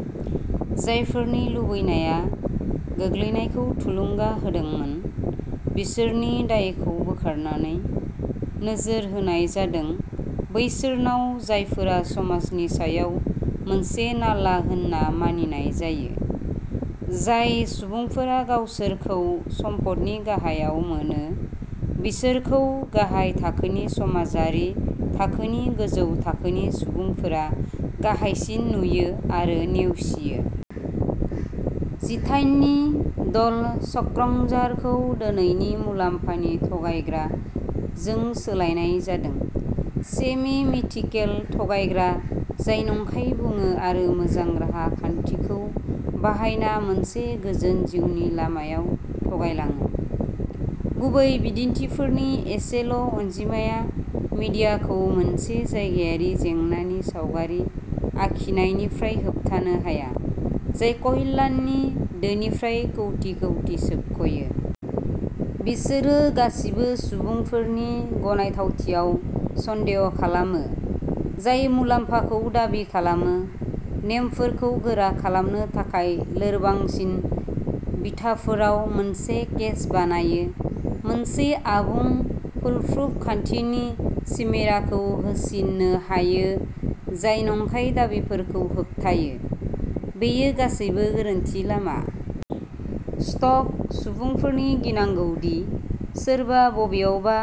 जायफोरनि लुबैनाया गोग्लैनायखौ थुलुंगा होदोंमोन, बिसोरनि दायखौ बोखारनानै, नोजोर होनाय जादों बैसोरनाव जायफोरा समाजनि सायाव मोनसे नाला होनना मानिनाय जायो। जाय सुबुंफोरा गावसोरखौ सम्फदनि गाहायाव मोनो, बिसोरखौ गाहाय थाखोनि समाजारि थाखोनि गोजौ थाखोनि सुबुंफोरा गाहायसिन नुयो आरो नेवसियो। जिथाइनि "ड'ल स्क्रंजार" खौ दिनैनि "मुलाम्फानि थगायग्रा" जों सोलायनाय जादोंः सेमि-मिथिकेल थगायग्रा जाय नंखाय बुङो आरो मोजां राहा खान्थिखौ बाहायना मोनसे गोजोन जिउनि लामायाव थगायलाङो। गुबै बिदिन्थिफोरनि एसेल'अनजिमाया मिडियाखौ मोनसे जायगायारि जेंनानि सावगारि आखिनायनिफ्राय होबथानो हाया, जाय कल्याणनि दोनिफ्राय कौटि कौटि सोबख'यो। बिसोरो गासिबो सुबुंफोरनि गनायथावथियाव सन्देह खालामो, जाय मुलाम्फाखौ दाबि खालामो, नेमफोरखौ गोरा खालामनो थाखाय लोरबांसिन बिथाफोराव मोनसे केस बानायो, मोनसे आबुं, फुलप्रुफ खान्थिनि चिमेराखौ होसिनो हायो जाय नंखाय दाबिफोरखौ होबथायो। बेयो गासैबो गोरोन्थि लामा। स्ट'क सुबुंफोरनि गिनांगौ दि सोरबा बबेयावबा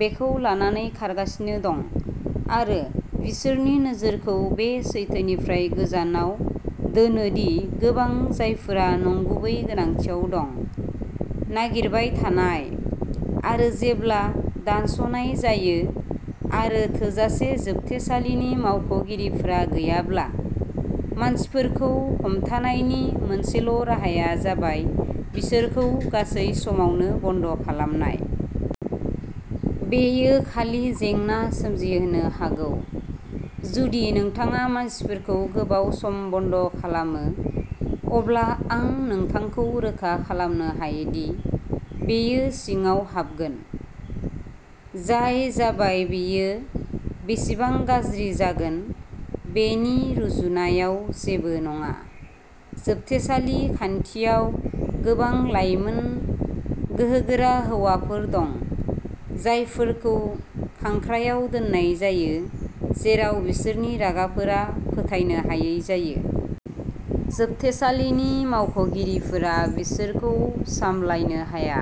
बेखौ लानानै खारगासिनो दं, आरो बिसोरनि नोजोरखौ बे सैथोनिफ्राय गोजानाव दोनो दि गोबां जायफोरा नंगुबै गोनांथिआव दं। नागिरबाय थानाय। आरो जेब्ला दानस'नाय जायो, आरो थोजासे जोबथेसालिनि मावख'गिरिफोर गैयाब्ला, मानसिफोरखौ हमथानायनि मोनसेल'राहाया जाबाय बिसोरखौ गासै सानावनो बन्द'खालामनाय। बेयो खालि जेंना सोमजिहोनो हागौ। जुदि नोंथाङा मानसिफोरखौ गोबाव सम बन्द'खालामो, अब्ला आं नोंथांखौ रोखा खालामनो हायो दि बेयो सिङाव हाबगोन। जाय जाबाय बेयो बेसेबां गाज्रि जागोन बेनि रुजुनायाव जेबो नङा। जोबथेसालि खान्थियाव गोबां लाइमोन, गोहोगोरा हौवाफोर दं, जायफोरखौ खांख्रायाव दोननाय जायो जेराव बिसोरनि रागाफोरा फोथायनो हायै जायो। जोबथेसालिनि मावख'गिरिफोरा बिसोरखौ सामलायनो हाया।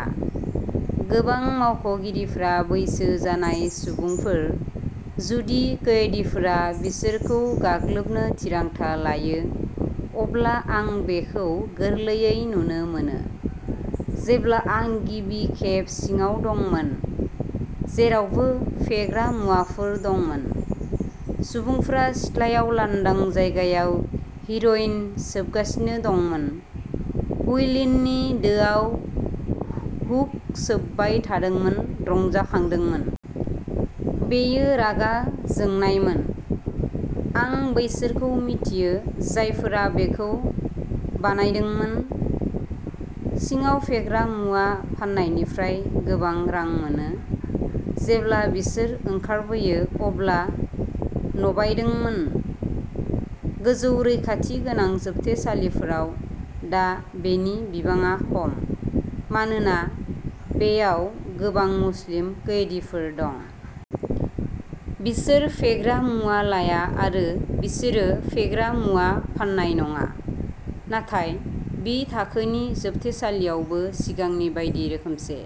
गोबां मावख'गिरिफोरा बैसो जानाय सुबुंफोर-जुदि खैदिफोरा बिसोरखौ गाग्लोबनो थिरांथा लायो, अब्ला आं बेखौ गोरलैयै नुनो मोनो। जेब्ला आं गिबि खेब सिङाव दंमोन, जेरावबो फेग्रा मुवाफोर दंमोन। सुबुंफोरा सिथ्लायाव लांदां जायगायाव हेर'इन सोबगासिनो दंमोन, हुइलिननि दोआव हुख सोबाय थादोंमोन, रंजाखांदोंमोन। बेयो रागा जोंनायमोन। आं बैसोरखौ मिथियो जायफोरा बेखौ बानायदोंमोन। सिङाव फेग्रा मुवा फाननायनिफ्राय गोबां रां मोनो, जेब्ला बिसोर ओंखारबोयो अब्ला न'बायदोंमोन। गोजौ रैखाथि गोनां जोबथेसालिफोराव दा बेनि बिबाङा खम, मानोना बेयाव गोबां मुस्लिम खैदीफोर दं। बिसोर फेग्रा मुवा लाया आरो बिसोरो फेग्रा मुवा फाननाय नङा। नाथाय बि थाखोनि जोबथेसालियावबो सिगांनि बायदि रोखोमसे।